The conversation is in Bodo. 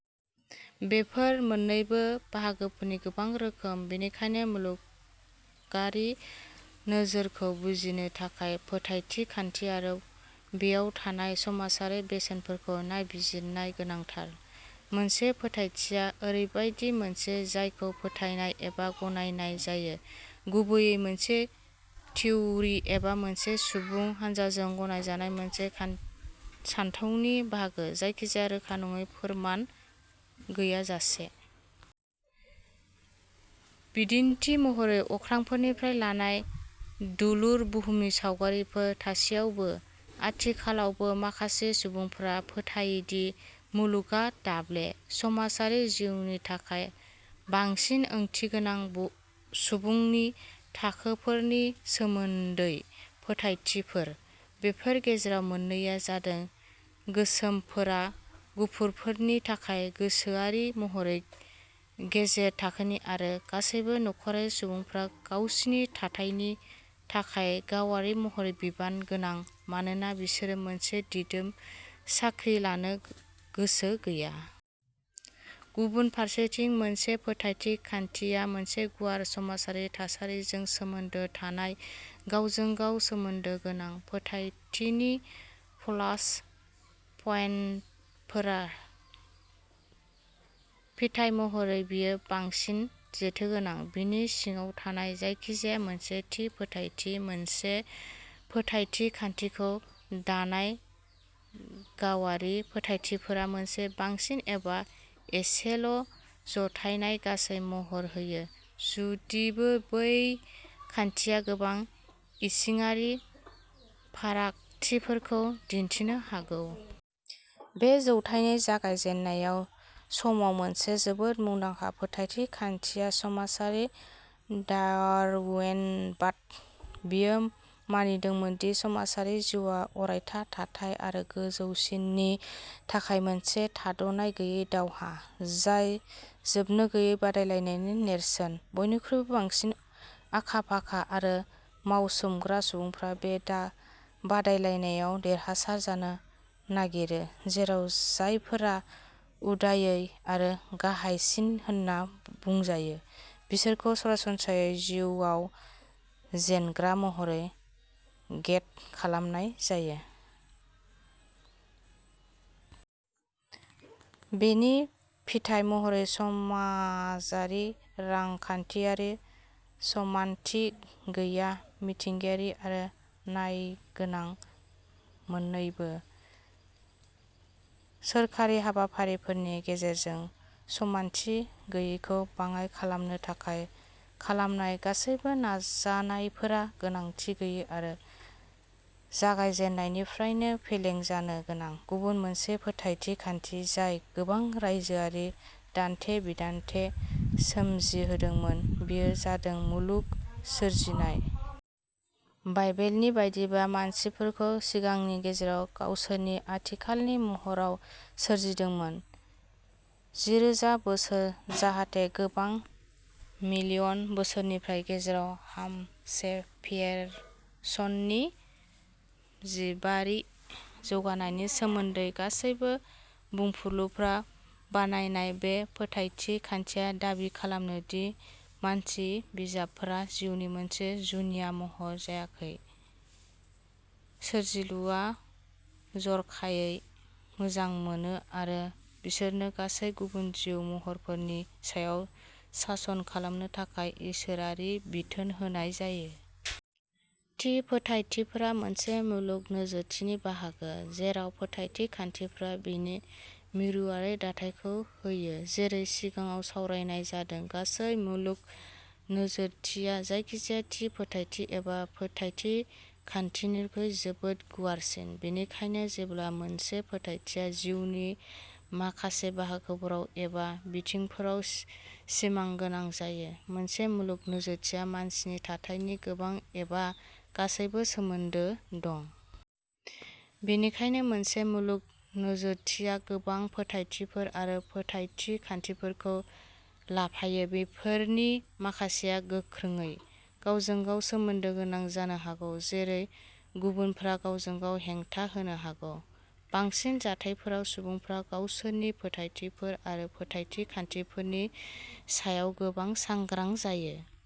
बेफोर मोन्नैबो बाहागोनि गोबां रोखोम। बेनिखायनो मुलुगारि नोजोरखौ बुजिनो थाखाय फोथायथि खान्थि आरो बेयाव थानाय समाजारि बेसेनफोरखौ नायबिजिरनाया गोनांथार। मोनसे फोथायथिआ ओरैबायदि मोनसे जायखौ फोथायनाय एबा गनायनाय जायो गुबैयै मोनसे थिउरि एबा मोनसे सुबुं हान्जाजों गनायजानाय मोनसे खान सानथौनि बाहागो जायखिजाया रोखा नङै फोरमान गैयाजासे। बिदिन्थि महरै अख्रांनिफ्राय लानाय दुलुर बुहुमनि सावगारिफोर थासेयावबो आथिखालावबो माखासे सुबुंफोरा फोथायो दि मुलुगआ दाब्ले। समाजारि जिउनि थाखाय बांसिन ओंथिगोनांआ सुबुंफोरनि थाखोफोरनि सोमोन्दै फोथायथिफोर। बेफोरनि गेजेराव मोननैआ जादों गोसोमफोरा गुफुरफोरनि थाखाय गोसोआरि महरै गेजेर थाखोनि आरो गासैबो निखावरि सुबुंफोरा गावसिनि थाथायनि थाखाय गावारि महरै बिबान गोनां मानोना बिसोरो मोनसे दिदोम साख्रि लानो गोसो गैया। गुबुन फारसेथिं मोनसे फोथायथि खान्थिया मोनसे गुवार समाजारि थासारिजों सोमोन्दो थानाय गावजों गाव सोमोन्दो गोनां फोथायथिनि प्लास पइन्टफोर। फिथाय महरै बेयो बांसिन जेथोगोनां। बिनि सिङाव थानाय जायखिजाया मोनसे थि फोथायथि। मोनसे फोथायथि खान्थिखौ दानाय गावारि फोथायथिफोरा मोनसे बांसिन एबा एसेल' जथायनाय गासै महर होयो जुदिबो बै खान्थिया गोबां इसिङारि फारागथिफोरखौ दिन्थिनो हागौ। बे जौथाइनि जागायजेन्नाय समाव मोनसे जोबोद मुंदांखा फोथायथि खान्थिया समाजारि डारउइनबाद। बेयो मानिदोंमोन दि समाजारि जिउआ अरायथा थाथाय आरो गोजौसिननि थाखाय मोनसे थाद'नाय गैयै दावहा जाय जोबनो गैयै बादायलायनायनि नेरसोन। बयनिख्रुइबो बांसिन आखा फाखा आरो मावसोमग्रा सुबुंफोरा बे दा बादायलायनायाव देरहासार जानो नागिरो जेराव जायफोरा उदायै आरो गाहायसिन होनना बुंजायो बिसोरखौ सरासनस्रायै जिउआव जेनग्रा महरै गेथ खालामनाय जायो। बेनि फिथाय महरै समाजारि रांखान्थियारि समानथि गैयैआ मिथिंगायारि आरो नायगोनां मोन्नैबो। सोरखारि हाबाफारिफोरनि गेजेरजों समानथि गैयैखौ बाङाइ खालामनो थाखाय खालामनाय गासैबो नाजानायफोरा गोनांथि गैयै आरो जागायजेन्नायनिफ्रायनो फेलें जानो गोनां। गुबुन मोनसे फोथायथि खान्थि जाय गोबां रायजोआरि दान्थे बिदान्थे सोमजिहोदोंमोन बेयो जादों मुलुग सोरजिलायनाय। बाइबेलनि बायदिब्ला मानसिफोरखौ सिगांनि गेजेराव गावसोरनि आथिखालनि महराव सोरजिदोंमोन। जिरोजा बोसोर जाहाथे गोबां मिलियन बोसोरफोरनि गेजेराव हम'सेपियन्सनि जिबारि जौगानायनि सोमोन्दै गासैबो बुंफुरलुफोरा बानायजानाय। बे फोथायथि खान्थिया दाबि खालामो दि मानसि जिबफोरा जिउनि मोनसे जुनिया महर जायखौ सोरजिलुआ जरखायै मोजां मोनो आरो बिसोरनो गासैबो गुबुन जिउ महरफोरनि सायाव सासन खालामनो थाखाय इसोरारि बिथोन होनाय जायो। थि फोथायथिफोरा मोनसे मुलुग नोजोरथिनि बाहागो, जेराव फोथायथि खान्थिफोरा बेनि मिरुआरि दाथायखौ होयो। जेरै सिगाङाव सावरायनाय जादों गासै मुलुग नोजोरथिया जायखिजाया थि फोथायथि एबा फोथायथि खान्थिनिख्रुइ जोबोद गुवारसिन। बेनिखायनो जेब्ला मोनसे फोथायथिआ जिउनि माखासे बाहागोफोर एबा बिथिंफोराव सिमागोनां जायो मोनसे मुलुग नोजोरथिया मानसिनि थाथायनि गोबां एबा गासैजों सोमोन्दो दं। बेनिखायनो मोनसे मुलुग नोजोरथिया गोबां फोथायथिफोर आरो फोथायथि खान्थिफोरखौ लाफायो। बेफोरनि माखासेया गोख्रोंयै गावजों गाव सोमोन्दो गोनां जानो हागौ जेरै गुबुनफोरा गावजों गाव हेंथा होनो हागौ। बांसिन जाथायफोराव सुबुंफोरा गावसोरनि फोथायथिफोर आरो फोथायथि खान्थिफोरनि सायाव गोबां सांग्रां जायो।